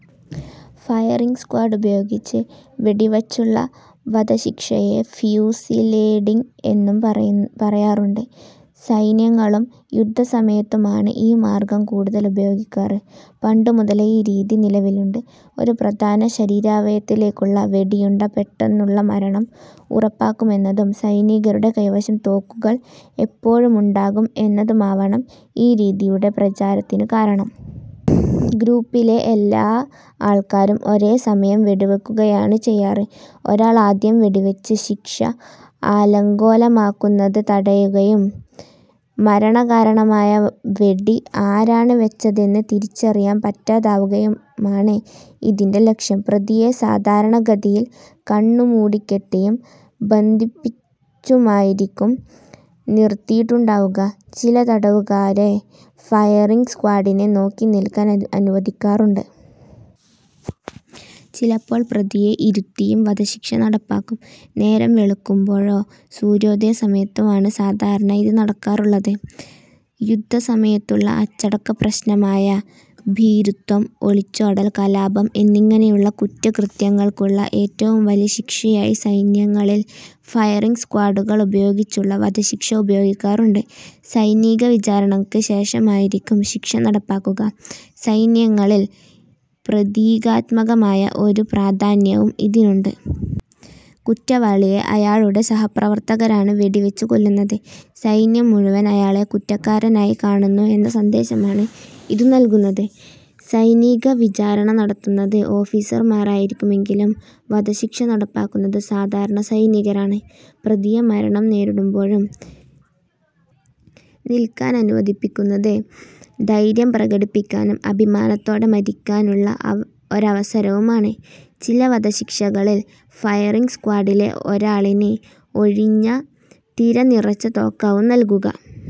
Firing സ്ക്വാഡുപയോഗിച്ച് വെടിവച്ചുള്ള വധശിക്ഷയെ ഫ്യൂസിലേഡിങ് എന്നും പറയാറുണ്ട്. സൈന്യങ്ങളിലും യുദ്ധസമയത്തുമാണ് ഈ മാർഗ്ഗം കൂടുതലുപയോഗിക്കാറ്. പണ്ടു മുതലേ ഈ രീതി നിലവിലുണ്ട്. ഒരു പ്രധാന ശരീരാവയവത്തിലേയ്ക്കുള്ള വെടിയുണ്ട പെട്ടെന്നുള്ള മരണം ഉറപ്പാക്കുമെന്നതും സൈനികരുടെ കൈവശം തോക്കുകൾ എപ്പോഴുമുണ്ടാകും എന്നതുമാവണം ഈ രീതിയുടെ പ്രചാരത്തിനു കാരണം. ഗ്രൂപ്പിലെ എല്ലാ ആൾക്കാരും ഒരേ സമയം വെടി വയ്ക്കുകയാണ് ചെയ്യാറ്. ഒരാൾ ആദ്യം വെടിവച്ച് ശിക്ഷ അലങ്കോലമാക്കുന്നത് തടയുകയും മരണകാരണമായ വെടി ആരാണ് വച്ചതെന്ന് തിരിച്ചറിയാൻ പറ്റാതാക്കുകയുമാണ് ഇതിന്റെ ലക്ഷ്യം. പ്രതിയെ സാധാരണഗതിയിൽ കണ്ണു മൂടിക്കെട്ടിയും ബന്ധിച്ചുമായിരിക്കും നിറുത്തിയിട്ടുണ്ടാവുക. ചില തടവുകാരെ ഫയറിംഗ് സ്ക്വാഡിനെ നോക്കി നിൽക്കാൻ അനുവദിക്കാറുണ്ട്. ചിലപ്പോൾ പ്രതിയെ ഇരുത്തിയും വധശിക്ഷ നടപ്പാക്കും. നേരം വെളുക്കുമ്പോഴോ സൂര്യോദയസമയത്തോ ആണ് സാധാരണ ഇത് നടക്കാറുള്ളത്. യുദ്ധസമയത്തുള്ള അച്ചടക്കപ്രശ്നമായ ഭീരുത്വം, ഒളിച്ചോടൽ, കലാപം എന്നിങ്ങനെയുള്ള കുറ്റകൃത്യങ്ങൾക്കുള്ള ഏറ്റവും വലിയ ശിക്ഷയായി സൈന്യങ്ങളിൽ ഫയറിംഗ് സ്ക്വാഡുപയോഗിച്ചുള്ള വധശിക്ഷ ഉപയോഗിക്കാറുണ്ട്. സൈനിക വിചാരണയ്ക്ക് ശേഷമായിരിക്കും ശിക്ഷ നടപ്പാക്കുക. സൈന്യങ്ങളിൽ പ്രതീകാത്മകമായ ഒരു പ്രാധാന്യവും ഇതിനുണ്ട്. കുറ്റവാളിയെ അയാളുടെ സഹപ്രവർത്തകരാണ് വെടിവച്ച് കൊല്ലുന്നത്. സൈന്യം മുഴുവനും അയാളെ കുറ്റക്കാരനായി കാണുന്നു എന്ന സന്ദേശമാണ് ഇതു നൽകുന്നത്. സൈനിക വിചാരണ നടത്തുന്നത് ഓഫീസർമാരായിരിക്കുമെങ്കിലും വധശിക്ഷ നടപ്പാക്കുന്നത് സാധാരണ സൈനികരാണ്. പ്രതിയെ മരണം നേരിടുമ്പോഴും നിൽക്കാനനുവദിക്കുന്നത് ധൈര്യം പ്രകടിപ്പിക്കാനും അഭിമാനത്തോടെ മരിക്കാനുമുള്ള ഒരവസരവുമാണ്. ചില വധശിക്ഷകളിൽ ഫയറിംഗ് സ്ക്വാഡിലെ ഒരാളിന് ഒഴിഞ്ഞ തിര നിറച്ച തോക്കാവും നൽകുക.